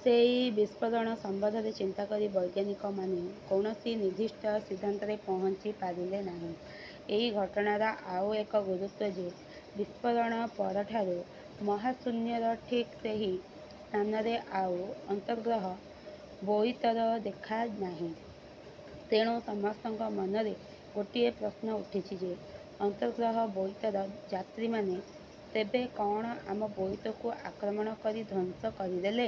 ସେଇ ବିସ୍ଫୋରଣ ସମ୍ବନ୍ଧରେ ଚିନ୍ତା କରି ବୈଜ୍ଞାନିକମାନେ କୌଣସି ନିର୍ଦ୍ଦିଷ୍ଟ ସିଦ୍ଧାନ୍ତରେ ପହଞ୍ଚି ପାରିଲେ ନାହିଁ। ଏହିଘଟଣାର ଆଉ ଏକ ଗୁରୂତ୍ୱ ଯେ ବିସ୍ଫୋରଣ ପରଠାରୁ ମହାଶୂନ୍ୟର ଠିକ୍ ସେହି ସ୍ଥାନରେ ଆଉ ଅନ୍ତର୍ଗ୍ରହ ବୋଇତର ଦେଖା ନାହିଁ। ତେଣୁ ସମସ୍ତଙ୍କ ମନରେ ଗୋଟିଏ ପ୍ରଶ୍ନ ଉଠୁଛି ଯେ, ଅନ୍ତର୍ଗ୍ରତ ବୋଇତର ଯାତ୍ରୀମାନେ ତେବେ କ'ଣଆମ ବୋଇତକୁ ଆକ୍ରମଣ କରି ଧ୍ୱଂସ କରିଦେଲେ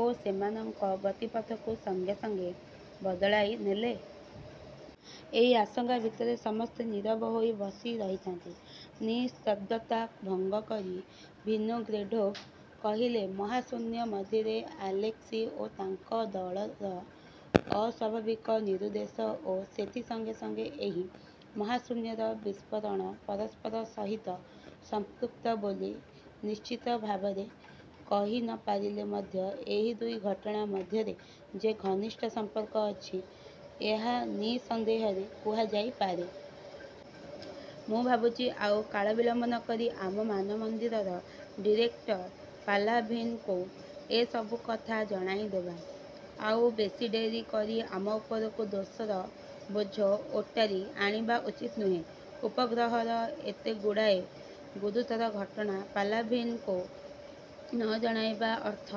ଓ ସେମାନଙ୍କ ଗତିପଥକୁ ସଙ୍ଗେ ସଙ୍ଗେ ବଦଳାଇ ନେଲେ? ଏଇ ଆଶଙ୍କା ଭିତରେ ସମସ୍ତେ ନୀରବ ହୋଇ ବସିରହିଥାନ୍ତି। ନିସ୍ତବ୍ଧତା ଭଙ୍ଗକରି ଭିନୋଗ୍ରେଡ଼ୋଭ୍ କହିଲେ, ''ମହାଶୂନ୍ୟ ମଧ୍ୟରେ ଆଲେସ୍କି ଓ ତାଙ୍କ ଦଳର ଅସ୍ୱାଭାବିକ ନିରୁଦ୍ଦେଶ ଓ ସେଥି ସଙ୍ଗେ; ସଙ୍ଗେ ଏହି ମହାଶୂନ୍ୟର ବିସ୍ଫୋରଣ ପରସ୍ପର ସହିତ ସମ୍ପୃକ୍ତ ବୋଲି ନିଶ୍ଚିତ ଭାବରେ କହି ନ ପାରିଲେ ମଧ୍ୟ ଏହି ଦୁଇ ଘଟଣା ମଧ୍ୟରେ ଯେ ଘନିଷ୍ଠ ସମ୍ପର୍କ ଅଛି, ଏହା ନିଃସନ୍ଦେହରେ କୁହାଯାଇ ପାରେ। ମୁଁ ଭାବୁଛି ଆଉ କାଳବିଳମ୍ବ ନ କରି ଆମ ମାନମନ୍ଦିରର ଡିରେକଟର ପାଲାଭିନ୍ଙ୍କୁ ଏ ସବୁକଥା ଜଣାଇଦେବା। ଆଉ ବେଶୀ ଡେରି କରି ଆମ ଉପରକୁ ଦୋଷର ବୋଝ ଓଟାରି ଆଣିବା ଉଚିତ ନୁହେଁ। ଉପଗ୍ରହର ଏତେଗୁଡ଼ାଏ ଗୁରୁତର ଘଟଣା ପାଲାଭିନ୍ଙ୍କୁ ନ ଜଣାଇବା ଅର୍ଥ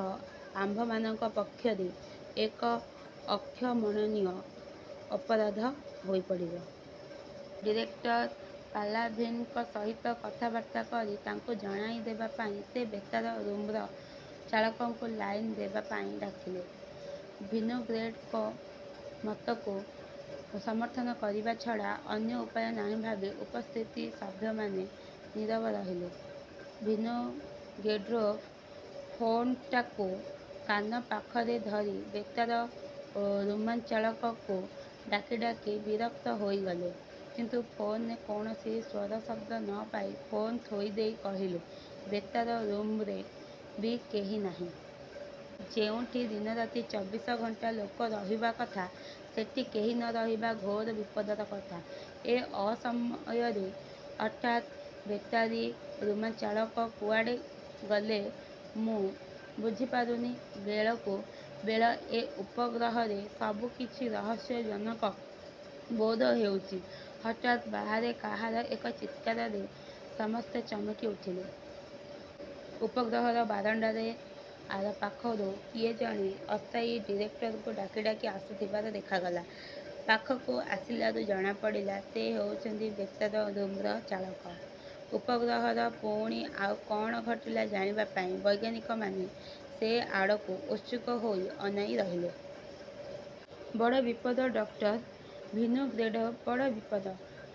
ଆମ୍ଭମାନଙ୍କ ପକ୍ଷରେ ଏକ ଅକ୍ଷମଣୀୟ ଅପରାଧ ହୋଇପଡ଼ିବ। '' ଡିରେକଟ୍ର ପାଲାଭିନ୍ଙ୍କ ସହିତ କଥାବାର୍ତ୍ତା କରି ତାଙ୍କୁ ଜଣେଇଦେବା ପାଇଁ ସେ ବେତାର ରୁମ୍ର ଚାଳକଙ୍କୁ ଲାଇନ ଦେବା ପାଇଁ ଡାକିଲେ। ଭିନୋଗ୍ରେଡ଼ୋଭ୍ଙ୍କ ମତକୁ ସମର୍ଥନ କରିବା ଛଡ଼ା ଅନ୍ୟ ଉପାୟ ନାହିଁ ଭାବି ଉପସ୍ଥିତ ସଭ୍ୟମାନେ ନୀରବ ରହିଲେ। ଭିନୋଗ୍ରେଡ଼ୋଭ୍ ଫୋନ୍ଟାକୁ କାନ ପାଖରେ ଧରି ବେତାର ରୁମ୍ଚାଳକଙ୍କୁ ଡାକି ଡାକି ବିରକ୍ତ ହୋଇଗଲେ; କିନ୍ତୁ ଫୋନରେ କୌଣସି ସ୍ୱରଶବ୍ଦ ନ ପାଇ ଫୋନ ଥୋଇଦେଇ କହିଲେ, ''ବେତାର ରୁମ୍ରେ ବି କେହି ନାହିଁ। ଯେଉଁଠି ଦିନରାତି ଚବିଶ ଘଣ୍ଟା ଲୋକ ରହିବା କଥା, ସେଠି କେହି ନ ରହିବା ଘୋର ବିପଦର କଥା। ଏ ଅସମୟରେ ହଠାତ ବେତାରୀ ରୁମ୍ଚାଳକ କୁଆଡ଼େ ଗଲେ ମୁଁ ବୁଝିପାରୁନି। ବେଳକୁ ବେଳ ଏ ଉପଗ୍ରହରେ ସବୁ କିଛି ରହସ୍ୟଜନକ ବୋଧ ହେଉଛି-। '' ହଠାତ୍ ବାହାରେ କାହାର ଏକ ଚିତ୍କାରରେ ସମସ୍ତେ ଚମକି ଉଠିଲେ। ଉପଗ୍ରହର ବାରଣ୍ଡାରେ ଆରପାଖରୁ କିଏ ଜଣେ ଅସ୍ଥାୟୀ ଡିରେକଟରଙ୍କୁ ଡାକି ଡାକି ଆସୁଥିବାର ଦେଖାଗଲା-। ପାଖକୁ ଆସିଲାରୁ ଜଣାପଡ଼ିଲା, ସେ ହେଉଛନ୍ତି ବେତାର ରୁମ୍ର ଚାଳକ। ଉପଗ୍ରହର ପୁଣି ଆଉ କ'ଣ ଘଟିଲା ଜାଣିବା ପାଇଁ ବୈଜ୍ଞାନିକମାନେ ସେ ଆଡ଼କୁ ଉତ୍ସୁକ ହୋଇ ଅନାଇ ରହିଲେ। ''ବଡ଼ ବିପଦ ଡକ୍ଟର ଭିନୋଗ୍ରେଡ଼ୋଭ୍, ବଡ଼ ବିପଦ।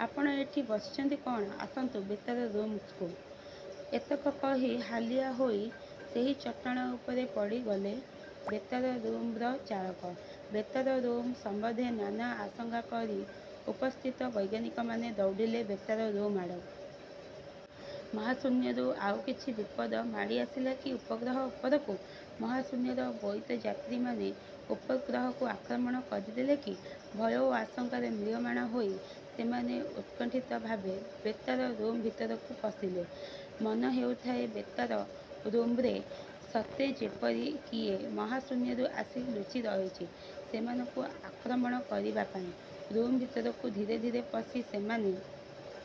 ଆପଣ ଏଠି ବସିଛନ୍ତି କଅଣ! ଆସନ୍ତୁ ବେତାର ରୁମ୍କୁ। '' ଏତକ କହି ହାଲିଆ ହୋଇ ସେହି ଚଟାଣ ଉପରେ ପଡ଼ିଗଲେ ବେତାର ରୁମ୍ର ଚାଳକ। ବେତାର ରୁମ୍ ସମ୍ବନ୍ଧେ ନାନା ଆଶଙ୍କା କରି ଉପସ୍ଥିତ ବୈଜ୍ଞାନିକମାନେ ଦୌଡ଼ିଲେ ବେତାର ରୁମ୍ଆଡ଼େ। ମହାଶୂନ୍ୟରୁ ଆଉ କିଛି ବିପଦ ମାଡ଼ିଆସିଲା କି ଉପଗ୍ରହ ଉପରକୁ? ମହାଶୂନ୍ୟର ବୋଇତଯାତ୍ରୀମାନେ ଉପଗ୍ରହକୁ ଆକ୍ରମଣ କରିଦେଲେ କି? ଭୟ ଓ ଆଶଙ୍କାରେ ମ୍ରିୟମ୍ରାଣ ହୋଇ ସେମାନେ ଉତ୍କଣ୍ଠିତ ଭାବେ ବେତାର ରୁମ୍ ଭିତରକୁ ପଶିଲେ। ମନେ ହେଉଥାଏ, ବେତାର ରୁମ୍ରେ ସତେ ଯେପରି କିଏ ମହାଶୂନ୍ୟରୁ ଆସି ଲୁଚିରହିଛି ସେମାନଙ୍କୁ ଆକ୍ରମଣ କରିବା ପାଇଁ। ରୁମ୍ ଭିତରକୁ ଧୀରେ ଧୀରେ ପଶି ସେମାନେ